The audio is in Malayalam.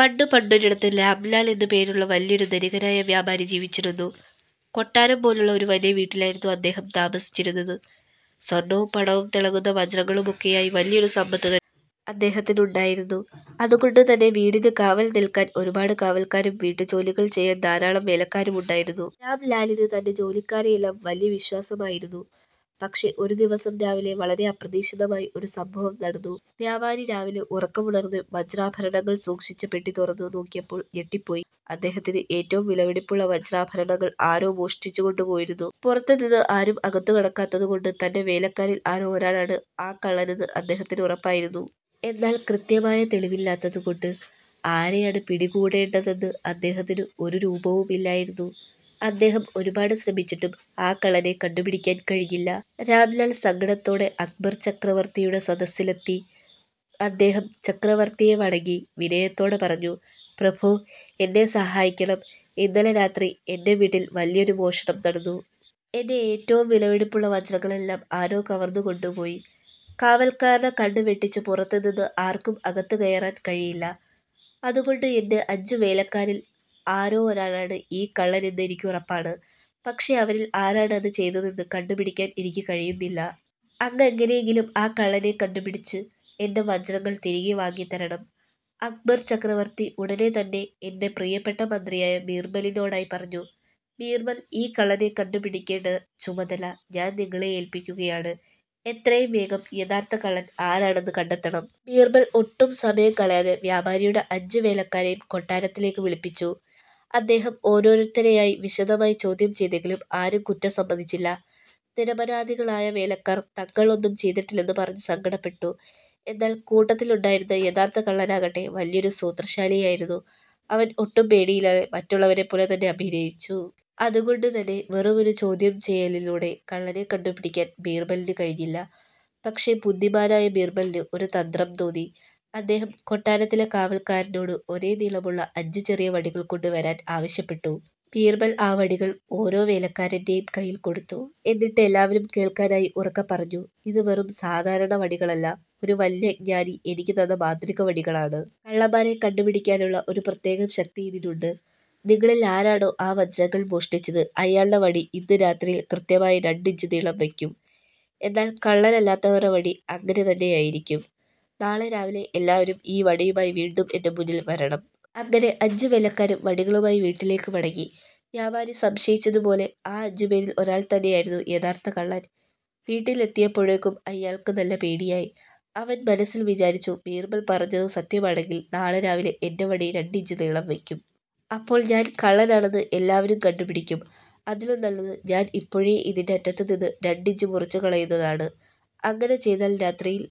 പണ്ട് പണ്ടൊരിടത്ത്, രാംലാൽ എന്ന് പേരുള്ള വലിയൊരു ധനികനായ വ്യാപാരി ജീവിച്ചിരുന്നു. കൊട്ടാരം പോലുള്ള ഒരു വലിയ വീട്ടിലായിരുന്നു അദ്ദേഹം താമസിച്ചിരുന്നത്. സ്വർണവും പണവും തിളങ്ങുന്ന വജ്രങ്ങളുമൊക്കെയായി വലിയൊരു സമ്പത്ത് തന്നെ അദ്ദേഹത്തിന് ഉണ്ടായിരുന്നു. അതുകൊണ്ട് തന്നെ വീടിന് കാവൽ നിൽക്കാൻ ഒരുപാട് കാവൽക്കാരും, വീട്ടുജോലികൾ ചെയ്യാൻ ധാരാളം വേലക്കാരുമുണ്ടായിരുന്നു. രാംലാലിന് തന്റെ ജോലിക്കാരെയെല്ലാം വലിയ വിശ്വാസമായിരുന്നു. പക്ഷേ, ഒരു ദിവസം രാവിലെ വളരെ അപ്രതീക്ഷിതമായ ഒരു സംഭവം നടന്നു! വ്യാപാരി രാവിലെ ഉറക്കമുണർന്ന് വജ്രാഭരണങ്ങൾ സൂക്ഷിച്ച പെട്ടി തുറന്നു നോക്കിയപ്പോൾ ഞെട്ടിപ്പോയി. അദ്ദേഹത്തിന്റെ ഏറ്റവും വിലപിടിപ്പുള്ള വജ്രാഭരണങ്ങൾ ആരോ മോഷ്ടിച്ചുകൊണ്ട് പോയിരുന്നു! പുറത്തുനിന്ന് ആരും അകത്തു കടക്കാത്തതു കൊണ്ട്, തന്റെ വേലക്കാരിൽ ആരോ ഒരാളാണ് ആ കള്ളനെന്ന് അദ്ദേഹത്തിന് ഉറപ്പായിരുന്നു. എന്നാൽ, കൃത്യമായ തെളിവില്ലാത്തതു കൊണ്ട് ആരെയാണ് പിടികൂടേണ്ടതെന്ന് അദ്ദേഹത്തിന് ഒരു രൂപവുമില്ലായിരുന്നു. അദ്ദേഹം ഒരുപാട് ശ്രമിച്ചിട്ടും ആ കള്ളനെ കണ്ടുപിടിക്കാൻ കഴിഞ്ഞില്ല. രാംലാൽ സങ്കടത്തോടെ അക്ബർ ചക്രവർത്തിയുടെ സദസ്സിലെത്തി. അദ്ദേഹം ചക്രവർത്തിയെ വണങ്ങി വിനയത്തോടെ പറഞ്ഞു: "പ്രഭോ, എന്നെ സഹായിക്കണം! ഇന്നലെ രാത്രി എന്റെ വീട്ടിൽ വലിയൊരു മോഷണം നടന്നു. എന്റെ ഏറ്റവും വിലപിടിപ്പുള്ള വജ്രങ്ങളെല്ലാം ആരോ കവർന്നു കൊണ്ടുപോയി. കാവൽക്കാരുടെ കണ്ണ് വെട്ടിച്ച് പുറത്തു നിന്ന് ആർക്കും അകത്തുകയറാൻ കഴിയില്ല. അതുകൊണ്ട് എന്റെ അഞ്ച് വേലക്കാരിൽ ആരോ ഒരാളാണ് ഈ കള്ളൻ എന്ന് എനിക്കുറപ്പാണ്. പക്ഷേ, അവരിൽ ആരാണ് അത് ചെയ്തതെന്ന് കണ്ടുപിടിക്കാൻ എനിക്ക് കഴിയുന്നില്ല. അങ്ങ് എങ്ങനെയെങ്കിലും ആ കള്ളനെ കണ്ടുപിടിച്ച് എന്റെ വജ്രങ്ങൾ തിരികെ വാങ്ങിത്തരണം. " അക്ബർ ചക്രവർത്തി ഉടനെ തന്നെ എന്റെ പ്രിയപ്പെട്ട മന്ത്രിയായ ബീർബലിനോടായി പറഞ്ഞു: "ബീർബൽ, ഈ കള്ളനെ കണ്ടുപിടിക്കേണ്ട ചുമതല ഞാൻ നിങ്ങളെ ഏൽപ്പിക്കുകയാണ്. എത്രയും വേഗം യഥാർഥ കള്ളൻ ആരാണെന്ന് കണ്ടെത്തണം. " ബീർബൽ ഒട്ടും സമയം കളയാതെ വ്യാപാരിയുടെ അഞ്ച് വേലക്കാരെയും കൊട്ടാരത്തിലേക്ക് വിളിപ്പിച്ചു. അദ്ദേഹം ഓരോരുത്തരെയായി വിശദമായി ചോദ്യം ചെയ്തെങ്കിലും ആരും കുറ്റം സമ്മതിച്ചില്ല. നിരപരാധികളായ വേലക്കാർ തങ്ങൾ ഒന്നും ചെയ്തിട്ടില്ലെന്ന് പറഞ്ഞ് സങ്കടപ്പെട്ടു. എന്നാൽ, കൂട്ടത്തിലുണ്ടായിരുന്ന യഥാർത്ഥ കള്ളനാകട്ടെ വലിയൊരു സൂത്രശാലിയായിരുന്നു! അവൻ ഒട്ടും പേടിയില്ലാതെ മറ്റുള്ളവരെപ്പോലെ തന്നെ അഭിനയിച്ചു. അതുകൊണ്ടുതന്നെ വെറുമൊരു ചോദ്യം ചെയ്യലിലൂടെ കള്ളനെ കണ്ടുപിടിക്കാൻ ബീർബലിന് കഴിഞ്ഞില്ല. പക്ഷേ, ബുദ്ധിമാനായ ബിർബലിന് ഒരു തന്ത്രം തോന്നി. അദ്ദേഹം കൊട്ടാരത്തിലെ കാവൽക്കാരനോട് ഒരേ നീളമുള്ള അഞ്ച് ചെറിയ വടികൾ കൊണ്ടുവരാൻ ആവശ്യപ്പെട്ടു. ബീർബൽ ആ വടികൾ ഓരോ വേലക്കാരന്റെയും കയ്യിൽ കൊടുത്തു. എന്നിട്ട് എല്ലാവരും കേൾക്കാനായി ഉറക്കെ പറഞ്ഞു: "ഇത് വെറും സാധാരണ വടികളല്ല, ഒരു വലിയ ജ്ഞാനി എനിക്ക് തന്ന മാന്ത്രിക വടികളാണ്! കള്ളന്മാരെ കണ്ടുപിടിക്കാനുള്ള ഒരു പ്രത്യേക ശക്തി ഇതിനുണ്ട്. നിങ്ങളിൽ ആരാണോ ആ വജ്രങ്ങൾ മോഷ്ടിച്ചത്, അയാളുടെ വടി ഇന്ന് രാത്രിയിൽ കൃത്യമായി രണ്ട് ഇഞ്ച് നീളം വയ്ക്കും! എന്നാൽ കള്ളനല്ലാത്തവരുടെ വടി അങ്ങനെ തന്നെയായിരിക്കും. നാളെ രാവിലെ എല്ലാവരും ഈ വടിയുമായി വീണ്ടും എന്റെ മുന്നിൽ വരണം. " അങ്ങനെ അഞ്ച് വേലക്കാരും വടികളുമായി വീട്ടിലേക്ക് മടങ്ങി. വ്യാപാരി സംശയിച്ചതുപോലെ ആ അഞ്ചുപേരിൽ ഒരാൾ തന്നെയായിരുന്നു യഥാർഥ കള്ളൻ! വീട്ടിലെത്തിയപ്പോഴേക്കും അയാൾക്ക് നല്ല പേടിയായി. അവൻ മനസ്സിൽ വിചാരിച്ചു: "ബീർബൽ പറഞ്ഞത് സത്യമാണെങ്കിൽ നാളെ രാവിലെ എന്റെ വടി രണ്ട് ഇഞ്ച് നീളം വയ്ക്കും! അപ്പോൾ ഞാൻ കള്ളനാണെന്ന് എല്ലാവരും കണ്ടുപിടിക്കും. അതിലും നല്ലത് ഞാൻ ഇപ്പോഴേ ഇതിന്റെ അറ്റത്തു നിന്ന് രണ്ട് ഇഞ്ച് മുറിച്ചുകളയുന്നതാണ്! അങ്ങനെ ചെയ്താൽ രാത്രിയിൽ